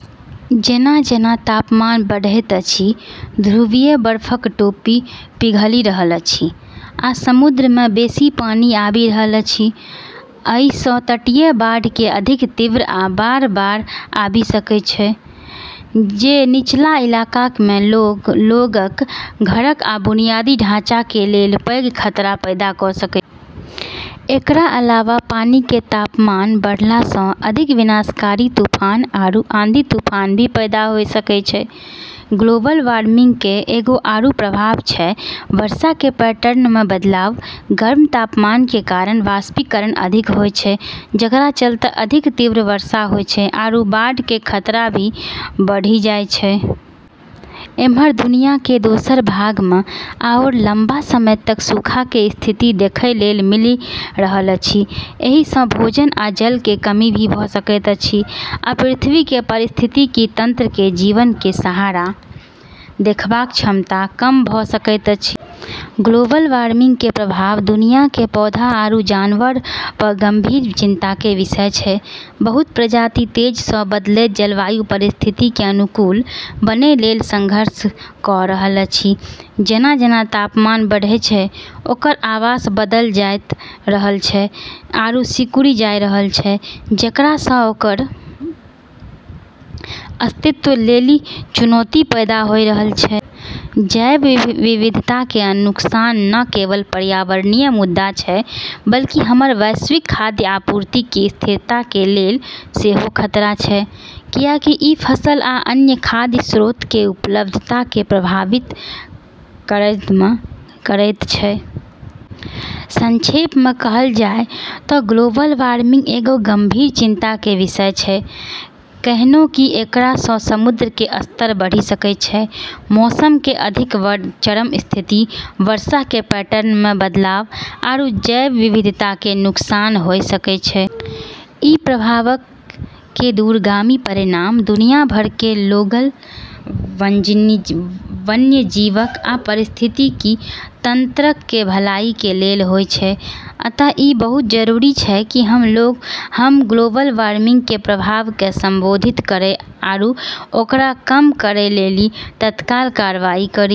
जेना-जेना तापमान बढ़ैत अछि, ध्रुवीय बर्फक टोपी पिघलि रहल अछि आ समुद्र मे बेसी पानि आबि रहल अछि। अइ सं तटीय बाढ़ के अधिक तीव्र आ बार-बार आबि सकै छै, जे निचला इलाकाक मे लोगक, घरक आ बुनियादी ढाँचा के लेल पैघ खतरा पैदा क सकै छै। एकरा अलावा पानी के तापमान बढ़ला स अधिक विनाशकारी तूफान आरू आंधी-तूफान भी पैदा होय सकै छै। ग्लोबल वार्मिंग के एगो आरू प्रभाव छै वर्षा के पैटर्न मे बदलाव। गर्म तापमान के कारण वाष्पीकरण अधिक होय छै, जेकरा चलतें अधिक तीव्र वर्षा होय छै आरू बाढ़ के खतरा बढ़ी जाय छै। एम्हर दुनिया के दोसर भाग मे आओर लंबा समय तक सूखा के स्थिति देखय लेल मिल रहल अछि। एहि सं भोजन आ जल के कमी भ सकैत अछि, आ पृथ्वी के पारिस्थितिकी तंत्र के जीवन के सहारा देबाक क्षमता कम भ सकैत अछि। ग्लोबल वार्मिंग के प्रभाव दुनिया के पौधा आरू जानवर प भी गंभीर चिंता के विषय छै। बहुत प्रजाति तेजी सं बदलैत जलवायु परिस्थिति के अनुकूल बनय लेल संघर्ष क रहल अछि। जेना-जेना तापमान बढ़ै छै, ओकर आवास बदलत जाय रहल छै आरू सिकुड़ी जाय रहल छै, जेकरा स ओकर अस्तित्व लेली चुनौती पैदा होय रहल छै। जैव विविधता के नुकसान न केवल पर्यावरणीय मुद्दा छै, बल्कि हमर वैश्विक खाद्य आपूर्ति के स्थिरता के लेल सेहो खतरा छै, कियाकि इ फसल आ अन्य खाद्य स्रोत के उपलब्धता के प्रभावित करएत छै। संक्षेप मे कहल जाय त ग्लोबल वार्मिंग एगो गंभीर चिंता के विषय छै, कैन्हेंकि एकरा स समुद्र के स्तर बढ़ी सकै छै, मौसम के अधिक चरम स्थिति, वर्षा के पैटर्न मे बदलाव, आरू जैव विविधता के नुकसान होय सकै छै। इ प्रभावक के दूरगामी परिणाम दुनिया भर के लोगक, वन्यजीवक आ पारिस्थितिकी तंत्रक के भलाई के लेल होयत छै। अतः ई बहुत जरूरी छै कि हम ग्लोबल वार्मिंग के प्रभाव क संबोधित करै आरू ओकरा कम करै लेली तत्काल कार्रवाई करी।